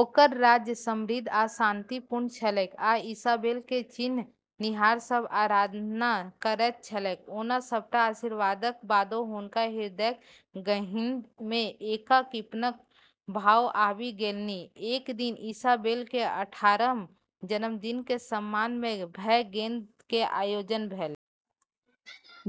ओकर राज्य समृद्ध आ शांतिपूर्ण छलैक आ इसाबेल केँ चिन्हनिहार सब आराधना करैत छलैक ओना सभटा आशीर्वादक बादो हुनका हृदयक गहींर मे एकाकीपनक भाव आबि गेलनि। एक दिन इसाबेल के अठारहम जन्मदिन के सम्मान में भव्य गेंद के आयोजन भेलै।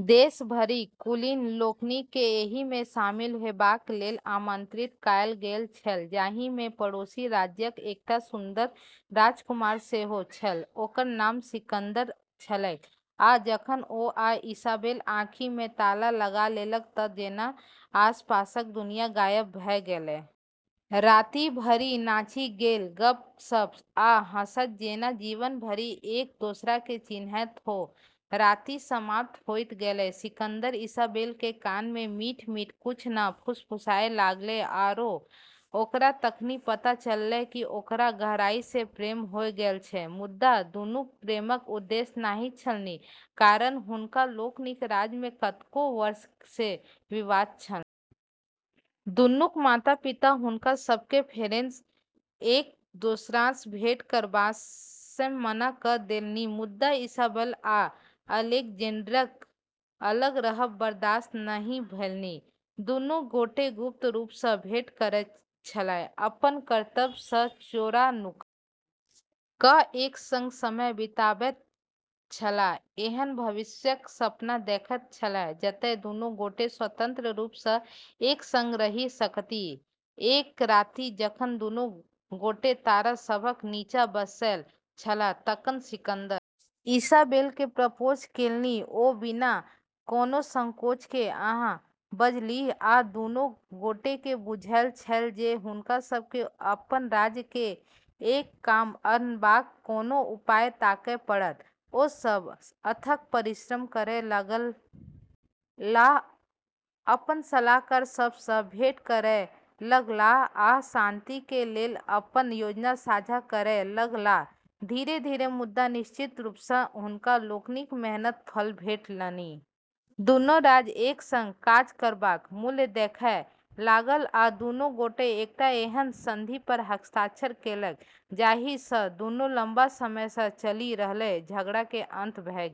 देश भरिक कुलीन लोकनि केँ एहि मे शामिल हेबाक लेल आमंत्रित कयल गेल छल जाहि मे पड़ोसी राज्यक एकटा सुन्दर राजकुमार सेहो छल ओकर नाम सिकंदर छलैक आ जखन ओ आ इसाबेल आँखि मे ताला लगा लेलक तऽ जेना आसपासक दुनियाँ गायब भ गेलै। राति भरि नाचि गेल, गप्प-सप्प आ हँसैत जेना जीवन भरि एक दोसरा केँ चिन्हैत हो, राति समाप्त होइत गेलै, सिकंदर इसाबेल के कान में मीठऽ-मीठऽ कुछ नै फुसफुसाय लागलै आरो ओकरा तखनी पता चललै कि ओकरा गहराई सें प्रेम होय गेलऽ छै, मुदा दुनूक प्रेमक उद्देश्य नहि छलनि, कारण हुनका लोकनिक राज्य मे कतेको वर्ष सँ विवाद छलनि। दुनूक माता-पिता हुनका सभकेँ फेरसँ एक दोसरासँ भेंट करबासँ मना कऽ देलनि मुदा इसाबेल आ अलेक्जेंडरकेँ अलग रहब बर्दाश्त नहि भेलनि। दुनू गोटे गुप्त रूप सँ भेंट करैत छलाह, अपन कर्तव्य सँ चोरा-नुका क एक संग समय बिताबैत छलाह, एहन भविष्यक सपना देखैत छलाह जतय दुनू गोटे स्वतंत्र रूप सँ एक संग रहि सकथि, एक राति जखन दुनू गोटे तारा सभक नीचा बैसल छलाह तखन सिकंदर इसाबेल केँ प्रपोज केलनि ओ बिना कोनो संकोच के हाँ बजलीह आ दुनू गोटे के बुझल छल जे हुनका सब के अपन राज्य के एक ठाम अनबाक कोनो उपाय ताकय पड़त, ओ सभ अथक परिश्रम करय लगलाह, अपन सलाहकार सभ सं भेंट करय लगलाह आ शांति के लेल अपन योजना साझा करय लगलाह, धीरे-धीरे मुदा निश्चित रूपसँ हुनका लोकनिक मेहनतक फल भेटलनि। दुनू राज्य एक संग काज करबाक मूल्य देखय लागल आ दुनू गोटे एकटा एहन संधि पर हस्ताक्षर केलक जाहि सँ दुनूक लंबा समय सँ चलि रहल झगड़ा के अंत भ गेल।